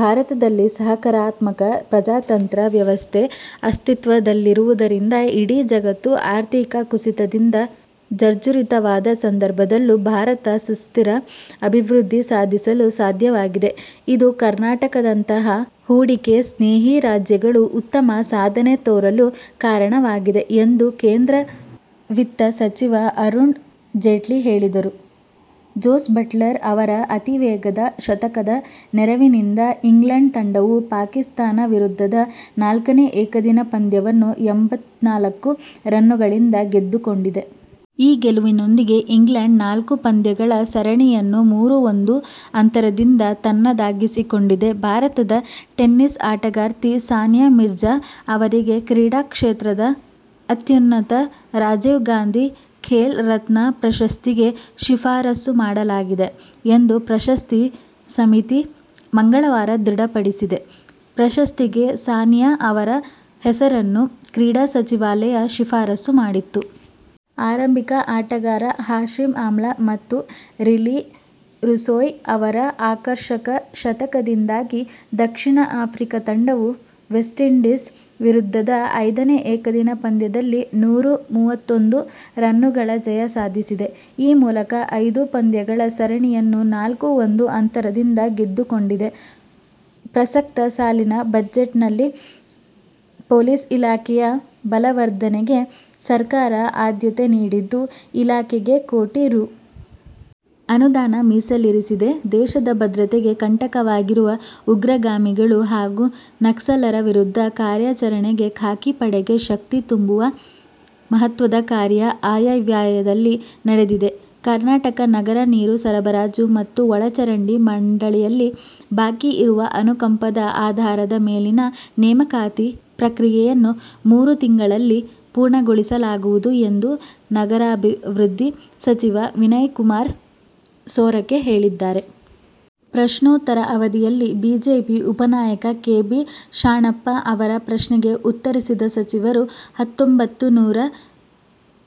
ಭಾರತದಲ್ಲಿ ಸಹಕಾರಾತ್ಮಕ ಪ್ರಜಾತಂತ್ರ ವ್ಯವಸ್ಥೆ ಅಸ್ತಿತ್ವದಲ್ಲಿರುವುದರಿಂದ ಇಡೀ ಜಗತ್ತು ಆರ್ಥಿಕ ಕುಸಿತದಿಂದ ಜರ್ಝರಿತವಾದ ಸಂದರ್ಭದಲ್ಲೂ ಭಾರತ ಸುಸ್ಥಿರ ಅಭಿವೃದ್ಧಿ ಸಾಧಿಸಲು ಸಾಧ್ಯವಾಗಿದೆ. ಇದು ಕರ್ನಾಟಕದಂತಹ ಹೂಡಿಕೆ ಸ್ನೇಹಿ ರಾಜ್ಯಗಳು ಉತ್ತಮ ಸಾಧನೆ ತೋರಲು ಕಾರಣವಾಗಿದೆ ಎಂದು ಕೇಂದ್ರ ವಿತ್ತ ಸಚಿವ ಅರುಣ್ ಜೇಟ್ಲಿ ಹೇಳಿದರು. ಜೋಸ್ ಬಟ್ಲರ್ ಅವರ ಅತೀವೇಗದ ಶತಕದ ನೆರವಿನಿಂದ ಇಂಗ್ಲೆಂಡ್ ತಂಡವು ಪಾಕಿಸ್ಥಾನ ವಿರುದ್ಧದ ನಾಲ್ಕನೇ ಏಕದಿನ ಪಂದ್ಯವನ್ನು ಎಂಭತ್ತನಾಲ್ಕು ರನ್ನುಗಳಿಂದ ಗೆದ್ದುಕೊಂಡಿದೆ. ಈ ಗೆಲುವಿನೊಂದಿಗೆ ಇಂಗ್ಲೆಂಡ್ ನಾಲ್ಕು ಪಂದ್ಯಗಳ ಸರಣಿಯನ್ನು ಮೂರು-ಒಂದು ಅಂತರದಿಂದ ತನ್ನದಾಗಿಸಿಕೊಂಡಿದೆ. ಭಾರತದ ಟೆನಿಸ್ ಆಟಗಾರ್ತಿ ಸಾನಿಯಾ ಮಿರ್ಜಾ ಅವರಿಗೆ ಕ್ರೀಡಾ ಕ್ಷೇತ್ರದ ಅತ್ಯುನ್ನತ ರಾಜೀವ್ ಗಾಂಧಿ ಖೇಲ್ ರತ್ನ ಪ್ರಶಸ್ತಿಗೆ ಶಿಫಾರಸು ಮಾಡಲಾಗಿದೆ ಎಂದು ಪ್ರಶಸ್ತಿ ಸಮಿತಿ ಮಂಗಳವಾರ ಧೃಡಪಡಿಸಿದೆ. ಪ್ರಶಸ್ತಿಗೆ ಸಾನಿಯಾ ಅವರ ಹೆಸರನ್ನು ಕ್ರೀಡಾ ಸಚಿವಾಲಯ ಶಿಫಾರಸು ಮಾಡಿತ್ತು. ಆರಂಭಿಕ ಆಟಗಾರ ಹಾಶಿಮ್ ಆಮ್ಲ ಮತ್ತು ರಿಲೀ ರೂಸ್ಯೊ ಅವರ ಆಕರ್ಷಕ ಶತಕದಿಂದಾಗಿ ದಕ್ಷಿಣ ಆಫ್ರಿಕಾ ತಂಡವು ವೆಸ್ಟ್ಇಂಡೀಸ್ ವಿರುದ್ಧದ ಐದನೇ ಏಕದಿನ ಪಂದ್ಯದಲ್ಲಿ ನೂರ ಮೂವತ್ತೊಂದು ರನ್ನುಗಳ ಜಯ ಸಾಧಿಸಿದೆ. ಈ ಮೂಲಕ ಐದು ಪಂದ್ಯಗಳ ಸರಣಿಯನ್ನು ನಾಲ್ಕು-ಒಂದು ಅಂತರದಿಂದ ಗೆದ್ದುಕೊಂಡಿದೆ. ಪ್ರಸಕ್ತ ಸಾಲಿನ ಬಜೆಟ್ನಲ್ಲಿ ಪೊಲೀಸ್ ಇಲಾಖೆಯ ಬಲವರ್ಧನೆಗೆ ಸರ್ಕಾರ ಆದ್ಯತೆ ನೀಡಿದ್ದು, ಇಲಾಖೆಗೆ ಕೋಟಿ ರೂ. ಅನುದಾನ ಮೀಸಲಿರಿಸಿದೆ. ದೇಶದ ಭದ್ರತೆಗೆ ಕಂಟಕವಾಗಿರುವ ಉಗ್ರಗಾಮಿಗಳು ಹಾಗೂ ನಕ್ಸಲರ ವಿರುದ್ಧ ಕಾರ್ಯಾಚರಣೆಗೆ ಖಾಕಿ ಪಡೆಗೆ ಶಕ್ತಿ ತುಂಬುವ ಮಹತ್ವದ ಕಾರ್ಯ ಆಯವ್ಯಯದಲ್ಲಿ ನಡೆದಿದೆ. ಕರ್ನಾಟಕ ನಗರ ನೀರು ಸರಬರಾಜು ಮತ್ತು ಒಳಚರಂಡಿ ಮಂಡಳಿಯಲ್ಲಿ ಬಾಕಿ ಇರುವ ಅನುಕಂಪದ ಆಧಾರದ ಮೇಲಿನ ನೇಮಕಾತಿ ಪ್ರಕ್ರಿಯೆಯನ್ನು ಮೂರು ತಿಂಗಳಲ್ಲಿ ಪೂರ್ಣಗೊಳಿಸಲಾಗುವುದು ಎಂದು ನಗರಾಭಿವೃದ್ಧಿ ಸಚಿವ ವಿನಯಕುಮಾರ್ ಸೊರಕೆ ಹೇಳಿದ್ದಾರೆ. ಪ್ರಶ್ನೋತ್ತರ ಅವಧಿಯಲ್ಲಿ ಬಿಜೆಪಿ ಉಪನಾಯಕ ಕೆ. ಬಿ. ಶಾಣಪ್ಪ ಅವರ ಪ್ರಶ್ನೆಗೆ ಉತ್ತರಿಸಿದ ಸಚಿವರು, ಹತ್ತೊಂಬತ್ತು ನೂರ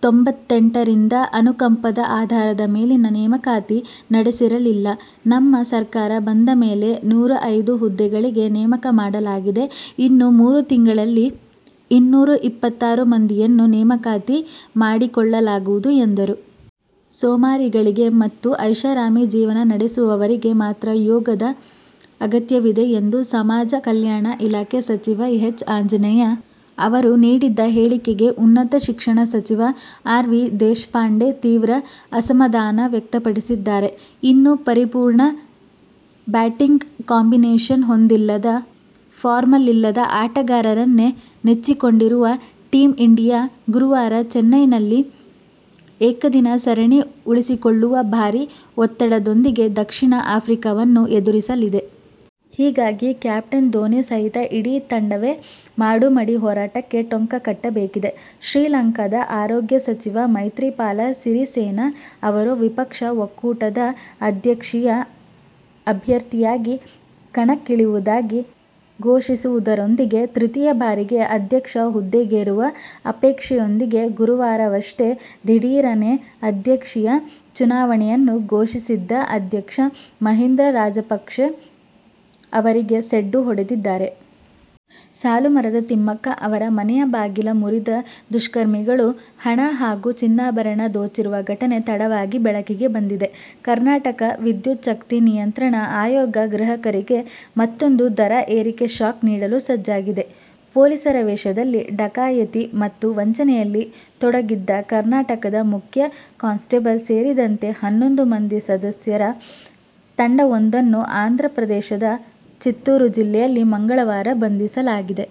ತೊಂಬತ್ತೆಂಟರಿಂದ ಅನುಕಂಪದ ಆಧಾರದ ಮೇಲಿನ ನೇಮಕಾತಿ ನಡೆಸಿರಲಿಲ್ಲ. ನಮ್ಮ ಸರ್ಕಾರ ಬಂದ ಮೇಲೆ ನೂರ ಐದು ಹುದ್ದೆಗಳಿಗೆ ನೇಮಕ ಮಾಡಲಾಗಿದೆ. ಇನ್ನು ಮೂರು ತಿಂಗಳಲ್ಲಿ ಇನ್ನೂರ ಇಪ್ಪತ್ತಾರು ಮಂದಿಯನ್ನು ನೇಮಕಾತಿ ಮಾಡಿಕೊಳ್ಳಲಾಗುವುದು ಎಂದರು. "ಸೋಮಾರಿಗಳಿಗೆ ಮತ್ತು ಐಷಾರಾಮಿ ಜೀವನ ನಡೆಸುವವರಿಗೆ ಮಾತ್ರ ಯೋಗದ ಅಗತ್ಯವಿದೆ" ಎಂದು ಸಮಾಜ ಕಲ್ಯಾಣ ಇಲಾಖೆ ಸಚಿವ ಎಚ್. ಆಂಜನೇಯ ಅವರು ನೀಡಿದ್ದ ಹೇಳಿಕೆಗೆ ಉನ್ನತ ಶಿಕ್ಷಣ ಸಚಿವ ಆರ್. ವಿ. ದೇಶಪಾಂಡೆ ತೀವ್ರ ಅಸಮಾಧಾನ ವ್ಯಕ್ತಪಡಿಸಿದ್ದಾರೆ. ಇನ್ನೂ ಪರಿಪೂರ್ಣ ಬ್ಯಾಟಿಂಗ್ ಕಾಂಬಿನೇಶನ್ ಹೊಂದಿಲ್ಲದ, ಫಾರ್ಮ್ನಲ್ಲಿಲ್ಲದ ಆಟಗಾರರನ್ನೇ ನೆಚ್ಚಿಕೊಂಡಿರುವ ಟೀಮ್ ಇಂಡಿಯಾ ಗುರುವಾರ ಚೆನ್ನೈಯಲ್ಲಿ ಏಕದಿನ ಸರಣಿ ಉಳಿಸಿಕೊಳ್ಳುವ ಭಾರೀ ಒತ್ತಡದೊಂದಿಗೆ ದಕ್ಷಿಣ ಆಫ್ರಿಕಾವನ್ನು ಎದುರಿಸಲಿದೆ. ಹೀಗಾಗಿ ಕ್ಯಾಪ್ಟನ್ ಧೋನಿ ಸಹಿತ ಇಡೀ ತಂಡವೇ ಮಾಡು-ಮಡಿ ಹೋರಾಟಕ್ಕೆ ಟೊಂಕ ಕಟ್ಟಬೇಕಿದೆ. ಶ್ರೀಲಂಕಾದ ಆರೋಗ್ಯ ಸಚಿವ ಮೈತ್ರಿಪಾಲ ಸಿರಿಸೇನಾ ಅವರು ವಿಪಕ್ಷ ಒಕ್ಕೂಟದ ಅಧ್ಯಕ್ಷೀಯ ಅಭ್ಯರ್ಥಿಯಾಗಿ ಕಣಕ್ಕಿಳಿಯುವುದಾಗಿ ಘೋಷಿಸುವುದರೊಂದಿಗೆ ತೃತೀಯ ಬಾರಿಗೆ ಅಧ್ಯಕ್ಷ ಹುದ್ದೆಗೇರುವ ಅಪೇಕ್ಷೆಯೊಂದಿಗೆ ಗುರುವಾರವಷ್ಟೇ ದಿಢೀರನೆ ಅಧ್ಯಕ್ಷೀಯ ಚುನಾವಣೆಯನ್ನು ಘೋಷಿಸಿದ್ದ ಅಧ್ಯಕ್ಷ ಮಹೀಂದ ರಾಜಪಕ್ಷೆ ಅವರಿಗೆ ಸೆಡ್ಡು ಹೊಡೆದಿದ್ದಾರೆ. ಸಾಲು ಮರದ ತಿಮ್ಮಕ್ಕ ಅವರ ಮನೆಯ ಬಾಗಿಲು ಮುರಿದು ದುಷ್ಕರ್ಮಿಗಳು ಹಣ ಹಾಗೂ ಚಿನ್ನಾಭರಣ ದೋಚಿರುವ ಘಟನೆ ತಡವಾಗಿ ಬೆಳಕಿಗೆ ಬಂದಿದೆ. ಕರ್ನಾಟಕ ವಿದ್ಯುತ್ಛಕ್ತಿ ನಿಯಂತ್ರಣ ಆಯೋಗ ಗ್ರಾಹಕರಿಗೆ ಮತ್ತೂಂದು ದರ ಏರಿಕೆ ಶಾಕ್ ನೀಡಲು ಸಜ್ಜಾಗಿದೆ. ಪೊಲೀಸರ ವೇಷದಲ್ಲಿ ಡಕಾಯತಿ ಮತ್ತು ವಂಚನೆಯಲ್ಲಿ ತೊಡಗಿದ್ದ ಕರ್ನಾಟಕದ ಮುಖ್ಯ ಕಾನ್ಸ್ಟೆಬಲ್ ಸೇರಿದಂತೆ ಹನ್ನೊಂದು ಮಂದಿ ಸದಸ್ಯರ ತಂಡವೊಂದನ್ನು ಆಂಧ್ರ ಪ್ರದೇಶದ ಚಿತ್ತೂರು ಜಿಲ್ಲೆಯಲ್ಲಿ ಮಂಗಳವಾರ ಬಂಧಿಸಲಾಗಿದೆ.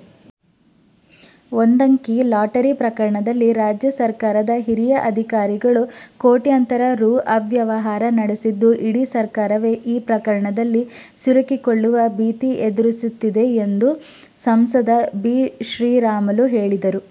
ಒಂದಂಕಿ ಲಾಟರಿ ಪ್ರಕರಣದಲ್ಲಿ ರಾಜ್ಯ ಸರ್ಕಾರದ ಹಿರಿಯ ಅಧಿಕಾರಿಗಳು ಕೋಟ್ಯಂತರ ರೂ. ಅವ್ಯವಹಾರ ನಡೆಸಿದ್ದು, ಇಡೀ ಸರ್ಕಾರವೇ ಈ ಪ್ರಕರಣದಲ್ಲಿ ಸಿಲುಕಿಕೊಳ್ಳುವ ಭೀತಿ ಎದುರಿಸುತ್ತಿದೆ ಎಂದು ಸಂಸದ ಬಿ. ಶ್ರೀರಾಮುಲು ಹೇಳಿದರು.